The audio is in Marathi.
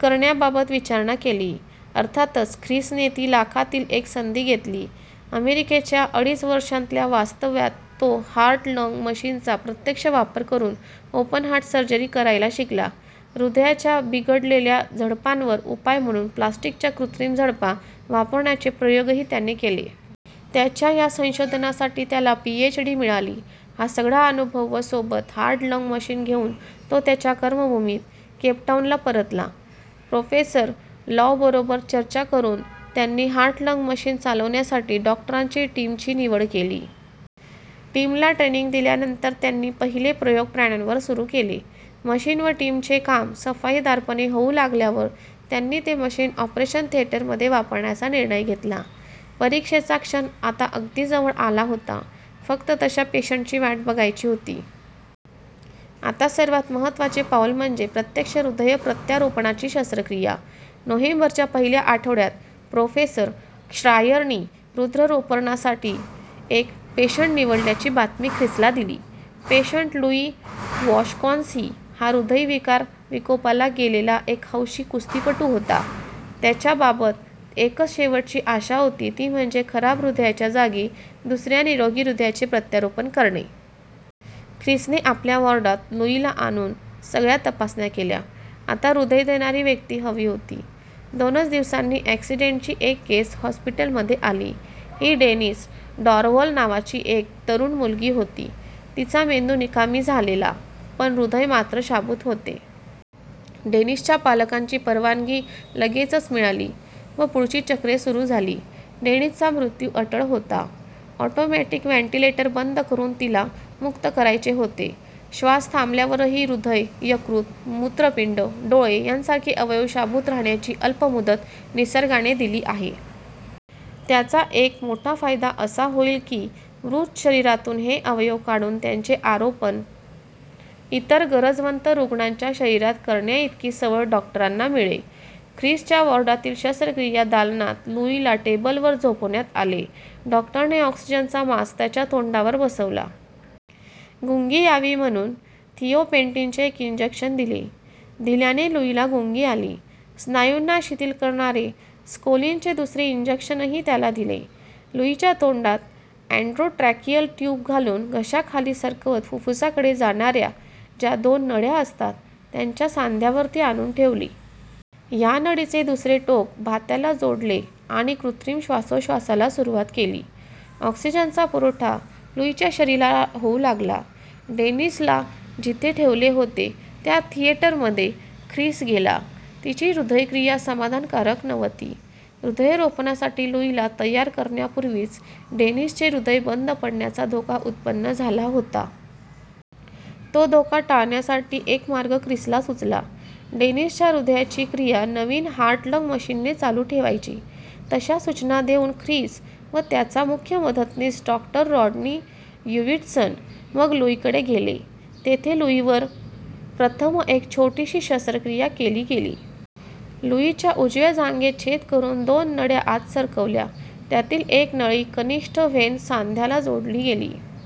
करण्याबाबत विचारणा केली. अर्थातच ख्रिसने ती लाखातील एक संधी घेतली. अमेरिकेच्या अडीच वर्षांच्या वास्तव्यात तो हार्ट-लंग मशीनचा प्रत्यक्ष वापर करून ओपनहार्ट सर्जरी करायला शिकला. हृदयाच्या बिघडलेल्या झडपांवर उपाय म्हणून प्लास्टिकच्या कृत्रिम झडपा वापरण्याचे प्रयोगही त्याने केले. त्याच्या ह्या संशोधनासाठी त्याला पीएच्. डी. मिळाली. हा सगळा अनुभव व सोबत 'हार्ट-लंग' मशीन घेऊन तो त्याच्या कर्मभूमीत, केपटाऊनला परतला. प्रो. लॉवबरोबर चर्चा करून त्यांनी हार्ट लंग मशीन चालवण्यासाठी डॉक्टरांच्या टीमची निवड केली. टीमला ट्रेनिंग दिल्यानंतर त्यांनी पहिले प्रयोग प्राण्यांवर सुरू केले. मशीन व टीमचे काम सफाईदारपणे होऊ लागल्यावर त्यांनी ते मशीन ऑपरेशन थिएटरमध्ये वापरण्याचा निर्णय घेतला. परीक्षेचा क्षण आता अगदी जवळ आला होता, फक्त तशा पेशंटची वाट बघायची होती. आता सर्वात महत्त्वाचे पाऊल म्हणजे प्रत्यक्ष हृदय-प्रत्यारोपणाची शस्त्रक्रिया. नोव्हेंबरच्या पहिल्या आठवड्यात प्रो. श्रायरनी हृदय-रोपणासाठी एक पेशंट निवडल्याची बातमी ख्रिसला दिली. पेशंट लुई वॉश्कान्स्की हा हृदयविकार विकोपाला गेलेला एक हौशी कुस्तीपटू होता. त्याच्याबाबत एकच शेवटची आशा होती, ती म्हणजे खराब हृदयाच्या जागी दुसऱ्या निरोगी हृदयाचे प्रत्यारोपण करणे. ख्रिसने आपल्या वॉर्डात लुईला आणून सगळ्या तपासण्या केल्या. आता हृदय देणारी व्यक्ती हवी होती. दोनच दिवसांनी अॅक्सिडेंटची एक केस हॉस्पिटलमध्ये आली. ही डेनिस डॉर्व्हाल नावाची तरुण मुलगी होती, तिचा मेंदू निकामी झालेला, पण हृदय मात्र शाबूत होते. डेनिसच्या पालकांची परवानगी लगेच मिळाली व पुढची चक्रे सुरू झाली. डेनिसचा मृत्यू अटळ होता. ऑटोमॅटिक व्हेंटिलेटर बंद करून तिला मुक्त करायचे होते. श्वास थांबल्यावरही हृदय, यकृत, मूत्रपिंड, डोळे यांसारखे अवयव शाबूत राहण्याची अल्प मुदत निसर्गाने दिली आहे. त्याचा एक मोठा फायदा असा होई की, मृत शरीरातून हे अवयव काढून त्यांचे आरोपण इतर गरजवंत रुग्णांच्या शरीरात करण्याइतकी सवड डॉक्टरांना मिळे. ख्रिसच्या वॉर्डातील शस्त्रक्रिया दालनात लुईला टेबलवर झोपवण्यात आले. डॉक्टरने ऑक्सिजनचा मास्क त्याच्या तोंडावर बसवला. गुंगी यावी म्हणून थिओपेंटिनचे एक इंजेक्शन दिले. दिल्याने लुईला गुंगी आली. स्नायूंना शिथिल करणारे स्कोलिनचे दुसरे इंजेक्शनही त्याला दिले. लुईच्या तोंडात एन्डोट्रॅकिअल ट्यूब घालून घशाखाली सरकवत फुप्फुसाकडे जाणाऱ्या ज्या दोन नळ्या असतात, त्याच्या सांध्यावर ती आणून ठेवली. या नळीचे दुसरे टोक भात्याला जोडले आणि कृत्रिम श्वासोच्छ्वासाला सुरुवात केली. ऑक्सिजनचा पुरवठा लुईच्या शरीराला होऊ लागला. डेनिसला जिथे ठेवले होते, त्या थिएटरमध्ये ख्रिस गेला. तिची हृदयक्रिया समाधानकारक नव्हती. हृदयरोपणासाठी लुईला तयार करण्यापूर्वीच डेनिसचे हृदय बंद पडण्याचा धोका उत्पन्न झाला होता. तो धोका टाळण्यासाठी एक मार्ग ख्रिसला सुचला. डेनिसच्या हृदयाची क्रिया नवीन हार्ट-लंग मशीनने चालू ठेवायची. तशा सूचना देऊन ख्रिस व त्याचा मुख्य मदतनीस डॉ. रॉडनी ह्युविटसन मग लुईकडे गेले. तेथे लुईवर प्रथम एक छोटीशी शस्त्रक्रिया केली गेली. लुईच्या उजव्या जांघेत छेद घेऊन दोन नळ्या आत सरकवल्या. त्यातील एक नळी, कनिष्ठ व्हेन सांध्याला जोडली गेली.